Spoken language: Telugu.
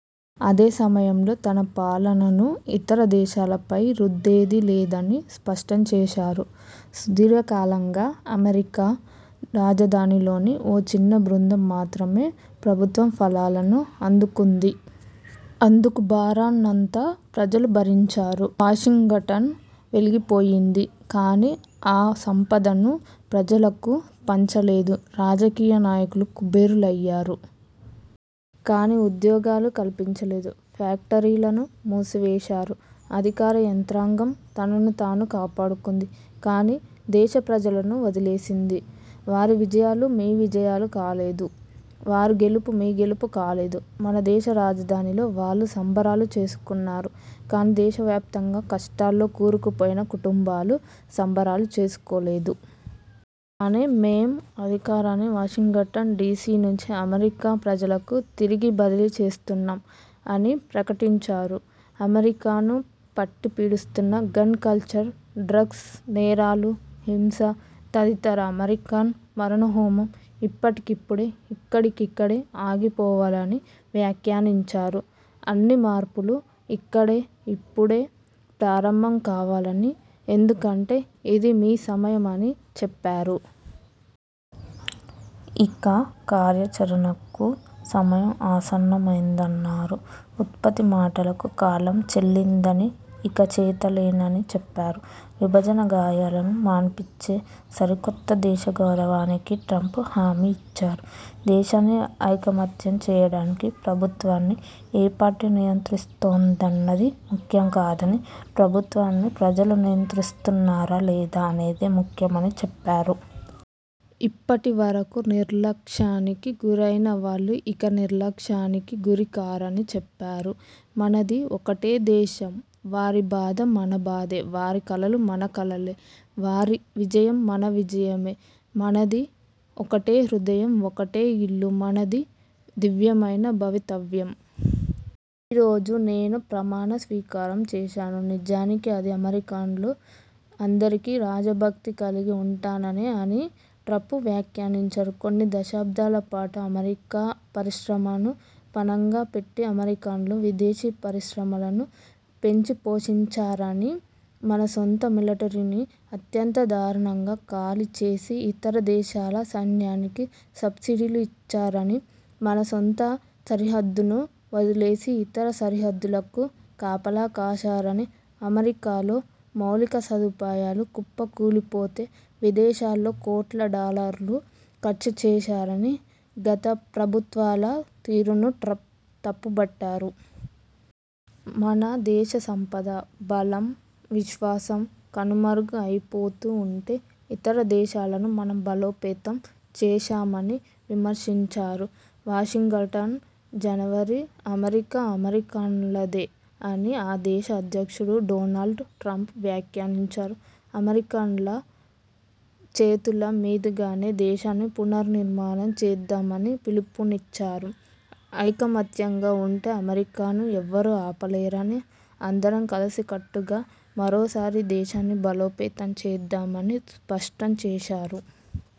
అదే సమయంలో, తన పాలనను ఇతర దేశాలపై రుద్దేది లేదని స్పష్టం చేశారు. ''సుదీర్ఘకాలంగా, అమెరికా రాజధానిలోని ఓ చిన్న బృందం మాత్రమే ప్రభుత్వ ఫలాలను అందుకుంది. అందుకు భారాన్నంతా ప్రజలు భరించారు. వాషింగ్టన్ వెలిగిపోయింది. కానీ, ఆ సంపదను ప్రజలకు పంచలేదు. రాజకీయ నాయకులు కుబేరులయ్యారు. కానీ, ఉద్యోగాలు కల్పించలేదు. ఫ్యాక్టరీలను మూసివేశారు. అధికార యంత్రాంగం తనను తాను కాపాడుకుంది. కానీ, దేశ ప్రజలను వదిలేసింది. వారి విజయాలు మీ విజయాలు కాలేదు. వారి గెలుపు మీ గెలుపు కాలేదు. మన దేశ రాజధానిలో వాళ్లు సంబరాలు చేసుకున్నారు. కానీ, దేశవ్యాప్తంగా కష్టాల్లో కూరుకుపోయిన కుటుంబాలు సంబరాలు చేసుకోలేదు. కానీ, మేం అధికారాన్ని వాషింగ్టన్ డీసీ నుంచి అమెరికా ప్రజలకు తిరిగి బదిలీ చేస్తున్నాం'' అని ప్రకటించారు. అమెరికాను పట్టి పీడిస్తున్న గన్ కల్చర్, డ్రగ్స్, నేరాలు, హింస తదితర అమెరికన్ మారణహోమం ఇప్పటికిప్పుడే, ఇక్కడికక్కడే ఆగిపోవాలని వ్యాఖ్యానించారు. అన్ని మార్పులు ఇక్కడే, ఇప్పుడే ప్రారంభం కావాలని, ఎందుకంటే, ఇది మీ సమయమని చెప్పారు. ఇక కార్యాచరణకు సమయం ఆసన్నమైందన్నారు. ఉత్తుత్తి మాటలకు కాలం చెల్లిందని, ఇక చేతలేనని చెప్పారు. విభజన గాయాలను మాన్పించే సరికొత్త దేశ గౌరవానికి ట్రంప్ హామీ ఇచ్చారు. దేశాన్ని ఐకమత్యం చేయడానికి ప్రభుత్వాన్ని ఏ పార్టీ నియంత్రిస్తోందన్నది ముఖ్యం కాదని, ప్రభుత్వాన్ని ప్రజలు నియంత్రిస్తున్నారా లేదా అన్నదే ముఖ్యమని చెప్పారు. ఇప్పటి వరకూ నిర్లక్ష్యానికి గురైన వాళ్లు ఇక నిర్లక్ష్యానికి గురి కారని చెప్పారు. ''మనది ఒకటే దేశం. వారి బాధ మన బాధే. వారి కలలు మన కలలే. వారి విజయం మన విజయమే. మనది ఒకటే హృదయం. ఒకటే ఇల్లు. మనది దివ్యమైన భవితవ్యం. ఈరోజు నేను ప్రమాణ స్వీకారం చేశాను. నిజానికి అది అమెరికన్లు అందరికీ రాజభక్తి కలిగి ఉంటాననే'' అని ట్రంప్ వ్యాఖ్యానించారు. కొన్ని దశాబ్దాలపాటు అమెరికా పరిశ్రమను పణంగా పెట్టి అమెరికన్లు విదేశీ పరిశ్రమలను పెంచిపోషించారని, మన సొంత మిలటరీని అత్యంత దారుణంగా ఖాళీ చేసి, ఇతర దేశాల సైన్యానికి సబ్సిడీలు ఇచ్చారని, మన సొంత సరిహద్దును వదిలేసి ఇతర సరిహద్దులకు కాపలా కాశారని, అమెరికాలో మౌలిక సదుపాయాలు కుప్పకూలిపోతే, విదేశాల్లో కోట్ల డాలర్లు ఖర్చు చేశారని గత ప్రభుత్వాల తీరును ట్రంప్ తప్పుబట్టారు. మన దేశ సంపద, బలం, విశ్వాసం కనుమరుగు అయిపోతూ ఉంటే ఇతర దేశాలను మనం బలోపేతం చేశామని విమర్శించారు. వాషింగ్టన్, జనవరి: అమెరికా అమెరికన్లదే అని ఆ దేశ అధ్యక్షుడు డొనాల్డ్ ట్రంప్ వ్యాఖ్యానించారు. అమెరికన్ల చేతుల మీదుగానే దేశాన్ని పునర్నిర్మాణం చేద్దామని పిలుపునిచ్చారు. ఐకమత్యంగా ఉంటే అమెరికాను ఎవరూ ఆపలేరని, అందరం కలిసికట్టుగా మరోసారి దేశాన్ని బలోపేతం చేద్దామని స్పష్టం చేశారు.